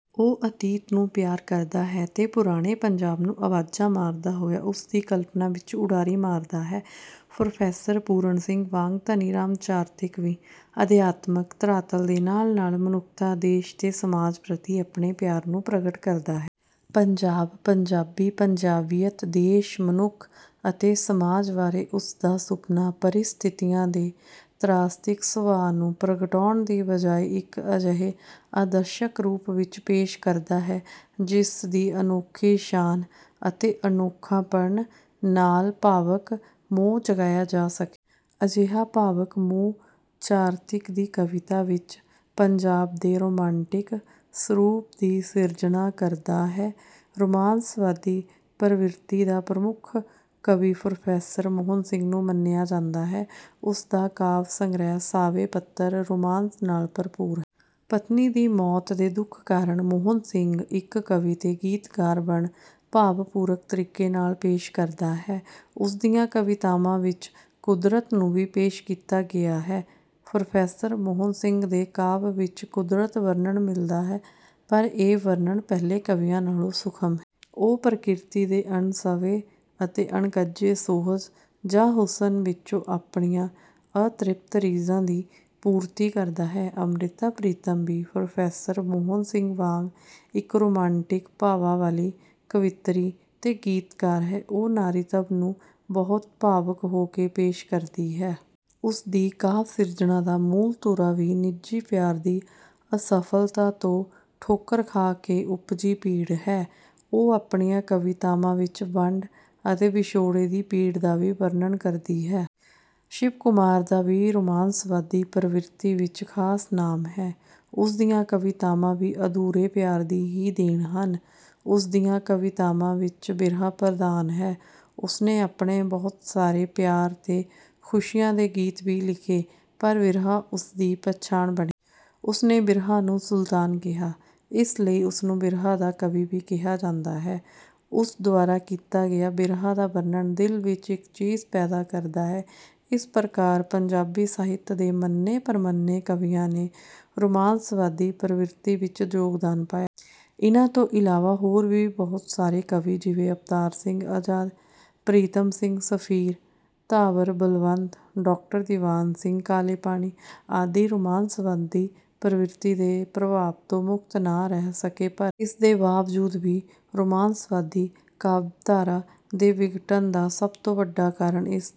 ਉਹ ਅਤੀਤ ਨੂੰ ਪਿਆਰ ਕਰਦਾ ਹੈ ਤੇ ਪੁਰਾਣੇ ਪੰਜਾਬ ਨੂੰ ਆਵਾਜ਼ਾਂ ਮਾਰਦਾ ਹੋਇਆ ਉਸ ਦੀ ਕਲਪਨਾ ਵਿੱਚ ਉਡਾਰੀ ਮਾਰਦਾ ਹੈ। ਪ੍ਰੋਫੈਸਰ ਪੂਰਨ ਸਿੰਘ ਵਾਂਗ ਧਨੀ ਰਾਮ ਚਾਤ੍ਰਿਕ ਵੀ ਅਧਿਆਤਮਕ ਧਰਾਤਲ ਦੇ ਨਾਲ-ਨਾਲ ਮਨੁੱਖਤਾ, ਦੇਸ਼ ਤੇ ਸਮਾਜ ਪ੍ਰਤੀ ਆਪਣੇ ਪਿਆਰ ਨੂੰ ਪ੍ਰਗਟ ਕਰਦਾ ਹੈ। ਪੰਜਾਬ, ਪੰਜਾਬੀ, ਪੰਜਾਬੀਅਤ, ਦੇਸ਼, ਮਨੁੱਖ ਅਤੇ ਸਮਾਜ ਬਾਰੇ ਉਸ ਦਾ ਸੁਪਨਾ ਪ੍ਰਸਥਿਤੀਆਂ ਦੇ ਤ੍ਰਾਸਦਿਕ ਸੁਭਾਅ ਨੂੰ ਪ੍ਰਗਟਾਉਣ ਦੀ ਬਜਾਇ ਇੱਕ ਅਜਿਹੇ ਆਦਰਸ਼ਕ ਰੂਪ ਵਿੱਚ ਪੇਸ਼ ਕਰਦਾ ਹੈ, ਜਿਸਦੀ ਅਨੋਖੀ ਸ਼ਾਨ ਅਤੇ ਅਨੋਖਾਪਣ ਨਾਲ ਭਾਵਕ ਮੋਹ ਜਗਾਇਆ ਜਾ ਸਕੇ। ਅਜਿਹਾ ਭਾਵਕ ਮੋਹ ਚਾਤ੍ਰਿਕ ਦੀ ਕਵਿਤਾ ਵਿੱਚ ਪੰਜਾਬ ਦੇ ਰੋਮਾਂਟਿਕ ਸਰੂਪ ਦੀ ਸਿਰਜਣਾ ਕਰਦਾ ਹੈ। ਰੁਮਾਂਸਵਾਦੀ ਪ੍ਰਵਿਰਤੀ ਦਾ ਪ੍ਰਮੁੱਖ ਕਵੀ ਪ੍ਰੋਫੈਸਰ ਮੋਹਨ ਸਿੰਘ ਨੂੰ ਮੰਨਿਆ ਜਾਂਦਾ ਹੈ। ਉਸ ਦਾ ਕਾਵਿ ਸੰਗ੍ਰਹਿ 'ਸਾਵੇਂ ਪੱਤਰ' ਰੁਮਾਂਸ ਨਾਲ ਭਰਪੂਰ ਹੈ। ਪਤਨੀ ਦੀ ਮੌਤ ਦੇ ਦੁੱਖ ਕਾਰਨ ਮੋਹਨ ਸਿੰਘ ਇੱਕ ਕਵੀ ਤੇ ਗੀਤਕਾਰ ਬਣ ਭਾਵਪੂਰਕ ਤਰੀਕੇ ਨਾਲ ਪੇਸ਼ ਕਰਦਾ ਹੈ। ਉਸ ਦੀਆਂ ਕਵਿਤਾਵਾਂ ਵਿੱਚ ਕੁਦਰਤ ਨੂੰ ਵੀ ਪੇਸ਼ ਕੀਤਾ ਗਿਆ ਹੈ। ਪ੍ਰੋਫੈਸਰ ਮੋਹਨ ਸਿੰਘ ਦੇ ਕਾਵਿ ਵਿੱਚ ਕੁਦਰਤ ਵਰਨਣ ਮਿਲਦਾ ਹੈ, ਪਰ ਇਹ ਵਰਣਨ ਪਹਿਲੇ ਕਵੀਆਂ ਨਾਲੋਂ ਸੂਖਮ ਹੈ। ਉਹ ਪ੍ਰਕਿਰਤੀ ਦੇ ਅਣਸਂਭੇ ਅਤੇ ਅਣਕੱਜੇ ਸੁਹਜ ਜਾਂ ਹੁਸਨ ਵਿੱਚੋਂ ਆਪਣੀਆਂ ਅਤ੍ਰਿਪਤ ਰੀਝਾਂ ਦੀ ਪੂਰਤੀ ਕਰਦਾ ਹੈ। ਅੰਮ੍ਰਿਤਾ ਪ੍ਰੀਤਮ ਵੀ ਪ੍ਰੋਫੇਸਰ ਮੋਹਨ ਸਿੰਘ ਵਾਂਗ ਇੱਕ ਰੁਮਾਂਟਿਕ ਭਾਵਾਂ ਵਾਲੀ ਕਵਿੱਤਰੀ ਤੇ ਗੀਤਕਾਰ ਹੈ। ਉਹ ਨਾਰੀਤਵ ਨੂੰ ਬਹੁਤ ਭਾਵੁਕ ਹੋ ਕੇ ਪੇਸ਼ ਕਰਦੀ ਹੈ। ਉਸ ਦੀ ਕਾਵਿ ਸਿਰਜਣਾ ਦਾ ਮੂਲ ਧੁਰਾ ਵੀ ਨਿੱਜੀ ਪਿਆਰ ਦੀ ਅਸਫ਼ਲਤਾ ਤੋਂ ਠੋਕਰ ਖਾ ਕੇ ਉਪਜੀ ਪੀੜ ਹੈ। ਉਹ ਆਪਣੀਆਂ ਕਵਿਤਾਵਾਂ ਵਿੱਚ ਵੰਡ ਅਤੇ ਵਿਛੋੜੇ ਦੀ ਪੀੜ ਦਾ ਵੀ ਵਰਨਣ ਕਰਦੀ ਹੈ। ਸ਼ਿਵ ਕੁਮਾਰ ਦਾ ਵੀ ਰੁਮਾਂਸਵਾਦੀ ਪ੍ਰਵਿਰਤੀ ਵਿੱਚ ਖਾਸ ਨਾਮ ਹੈ। ਉਸ ਦੀਆਂ ਕਵਿਤਾਵਾਂ ਵੀ ਅਧੂਰੇ ਪਿਆਰ ਦੀ ਹੀ ਦੇਣ ਹਨ। ਉਸ ਦੀਆਂ ਕਵਿਤਾਵਾਂ ਵਿੱਚ ਬਿਰਹਾ ਪ੍ਰਧਾਨ ਹੈ। ਉਸਨੇ ਅਪਨੇ ਬਹੁਤ ਸਾਰੇ ਪਿਆਰ ਤੇ ਖੁਸ਼ੀਆਂ ਦੇ ਗੀਤ ਵੀ ਲਿਖੇ, ਪਰ ਬਿਰਹਾ ਉਸ ਦੀ ਪਛਾਣ ਬਣਿਆ। ਉਸਨੇ ਬਿਰਹਾ ਨੂੰ ਸੁਲਤਾਨ ਕਿਹਾ। ਇਸ ਲਈ ਉਸਨੂੰ ਬਿਰਹਾ ਦਾ ਕਵੀ ਵੀ ਕਿਹਾ ਜਾਂਦਾ ਹੈ। ਉਸ ਦੁਆਰਾ ਕੀਤਾ ਗਿਆ ਬਿਰਹਾ ਦਾ ਵਰਨਣ ਦਿਲ ਵਿੱਚ ਇੱਕ ਚੀਸ ਪੈਦਾ ਕਰਦਾ ਹੈ। ਇਸ ਪ੍ਰਕਾਰ ਪੰਜਾਬੀ ਸਾਹਿਤ ਦੇ ਮੰਨੇ-ਪ੍ਰਮੰਨੇ ਕਵੀਆਂ ਨੇ ਰੁਮਾਂਸਵਾਦੀ ਪ੍ਰਵਿਰਤੀ ਵਿੱਚ ਯੋਗਦਾਨ ਪਾਇਆ। ਇਨ੍ਹਾਂ ਤੋਂ ਇਲਾਵਾ ਹੋਰ ਵੀ ਬਹੁਤ ਸਾਰੇ ਕਵੀ ਜਿਵੇਂ ਅਵਤਾਰ ਸਿੰਘ ਆਜ਼ਾਦ, ਪ੍ਰੀਤਮ ਸਿੰਘ ਸਫ਼ੀਰ, ਥਾਵਰ ਬਲਵੰਤ, ਡਾਕਟਰ ਦੀਵਾਨ ਸਿੰਘ ਕਾਲੇ ਪਾਣੀ ਆਦਿ ਰੁਮਾਂਸਵਾਦੀ ਪ੍ਰਵਿਰਤੀ ਦੇ ਪ੍ਰਭਾਵ ਤੋਂ ਮੁਕਤ ਨਾ ਰਹਿ ਸਕੇ। ਪਰ ਇਸ ਦੇ ਬਾਵਜੂਦ ਵੀ ਰੁਮਾਂਸਵਾਦੀ ਕਾਵਿਧਾਰਾ ਦੇ ਵਿਗਠਨ ਦਾ ਸਭ ਤੋਂ ਵੱਡਾ ਕਾਰਨ ਇਸ